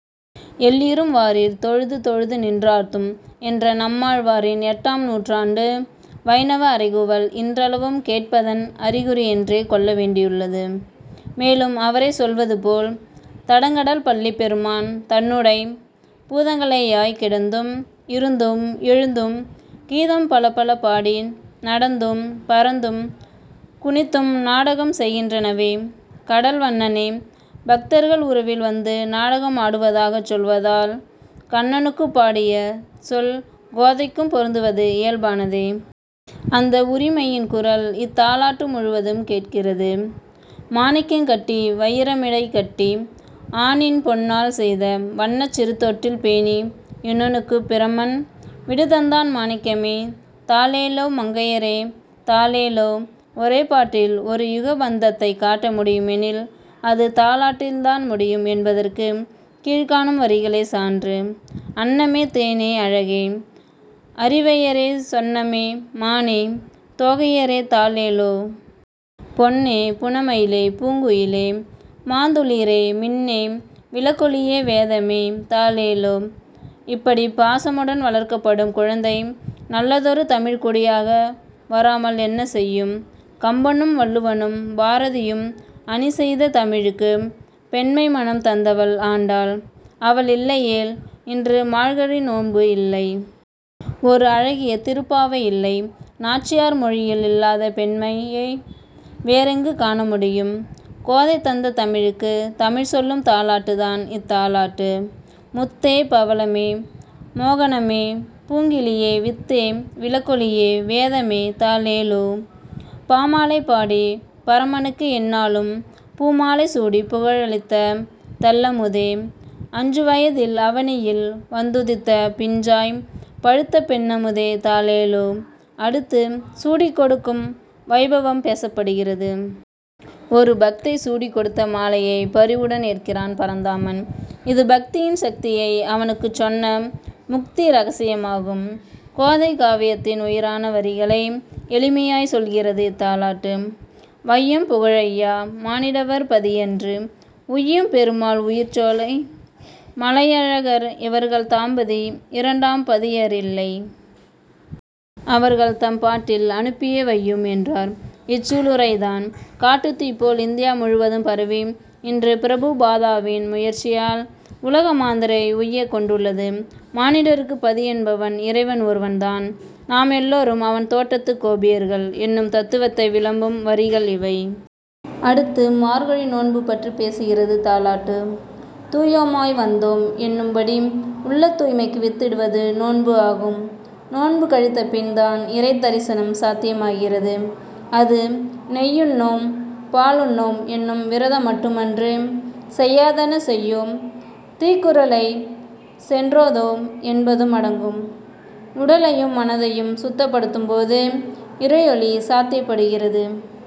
எல்லீரும் வாரீர், தொழுது, தொழுது நின்றார்த்தும்! " என்ற நம்மாழ்வாரின் எட்டாம் நூற்றாண்டு வைணவ அறைகூவல் இன்றளவும் கேட்பதன் அறிகுறியென்றே கொள்ள வேண்டியுள்ளது. மேலும் அவரே சொல்வது போல், "தடங்கடல் பள்ளிப் பெருமான், தன்னுடைப் பூதங்களேயாய் கிடந்தும், இருந்தும், எழுந்தும், கீதம் பலபல பாடி, நடந்தும், பரந்தும், குனித்தும் நாடகம் செய்கின்றனவே" கடல் வண்ணனே, பக்தர்கள் உருவில் வந்து நாடகம் ஆடுவதாகச் சொல்வதால், கண்ணனுக்குப் பாடிய சொல் கோதைக்கும் பொருந்துவது இயல்பானதே. அந்த உரிமையின் குரல் இத்தாலாட்டு முழுவதும் கேட்கிறது. மாணிக்கங் கட்டிவயிர மிடைக்கட்டி ஆணிப்பொன் னால்செய்த வண்ணச் சிறுதொட்டில் பேணி யுனக்குப் பிரமன் விடுதந்தான் மாணிக்கமே தாலேலோ மங்கையரே தலேலோ, ஒரே பாட்டில் ஒரு யுக பந்தத்தைக் காட்ட முடியுமெனில் அது தாலாட்டில்தான் முடியும் என்பதற்கு கீழ்க்காணும் வரிகளே சான்று; அன்னமே தேனே அழகே அரிவையரே சொன்னமே மானே தோகையரே தாலேலோ. பொன்னே புனமயிலே பூங்குயிலே மாந்துளிரே மின்னே விளக்கொளியே வேதமே தாலேலோ, இப்படிப் பாசமுடன் வளர்க்கப்படும் குழந்தை நல்லதொரு தமிழ்க் குடியாக வராமல் என்ன செய்யும்? கம்பனும், வள்ளுவனும், பாரதியும் அணி செய்த தமிழுக்குப் பெண்மை மணம் தந்தவள் ஆண்டாள். அவள் இல்லையேல் இன்று மார்கழி நோன்பு இல்லை. ஒரு அழகிய திருப்பாவையில்லை. நாச்சியார் மொழியில் இல்லாத பெண்மையை வேறெங்கு காணமுடியும்? கோதை தந்த தமிழுக்கு, தமிழ் சொல்லும் தாலாட்டுதான், இத்தாலாட்டு: முத்தே பவளமே மோகனமே பூங்கிளியே வித்தே விளக்கொளியே வேதமே தாலேலோ, "பாமாலை பாடிப் பரமனுக்கு என்னாளும் பூமாலை சூடிப் புகழ்தளித்த தெள்ளமுதே"!! அஞ்சு வயதில் அவனியில் வந்துதித்த பிஞ்சாய்ப் பழுத்த பெண்ணமுதே தாலேலோ, அடுத்து, சூடிக் கொடுக்கும் வைபவம் பேசப் படுகிறது. ஒரு பக்தை சூடிக் கொடுத்த மாலையைப் பரிவுடன் ஏற்கிறான் பரந்தாமன். இது பக்தியின் சக்தியை அவனிக்குச் சொன்ன முக்தி இரகசியமாகும். கோதை காவியத்தின் உயிரான வரிகளை எளிமையாய் சொல்கிறது இத்தாலாட்டு: வையம் புகழய்யா! மானிடவர் பதியன்று. "உய்யும் பெருமாள் உயர்சோலை மலையழகர் இவர்கள் தாம்பதி இரண்டாம் பதியரில்லை!! அவர்கள் தம்பாட்டில் அனுப்பியே வையும்!!! என்றார் இச்சூளுரைதான், காட்டுத்தீ போல் இந்தியா முழுதும் பரவி, இன்று பிரபு பாதாவின் முயற்சியால் உலக மாந்தரை உய்யக் கொண்டுள்ளது. மானிடர்க்குப் பதி என்பவன் இறைவன் ஒருவன்தான். நாம் எல்லோரும் அவன் தோட்டத்து கோபியர்கள் என்னும் தத்துவத்தை விளம்பும் வரிகள் இவை. அடுத்து மார்கழி நோன்பு பற்றிப் பேசுகிறது தாலாட்டு. "தூயோமாய் வந்தோம்" என்னும்படி உள்ளத் தூய்மைக்கு வித்திடுவது நோன்பு ஆகும். நோன்பு கழித்த பின்தான் இறைத் தரிசனம் சாத்தியமாகிறது. அது "நெய்யுண்ணோம், பாலுண்ணோம்" என்னும் விரதம் மட்டுமன்று, "செய்யாதன செய்யோம், தீக்குறளை சென்றோதோம்" என்பதும் அடங்கும். உடலையும், மனதையும் சுத்தப் படுத்தும் போது இறையொளி சாத்தியப் படுகிறது.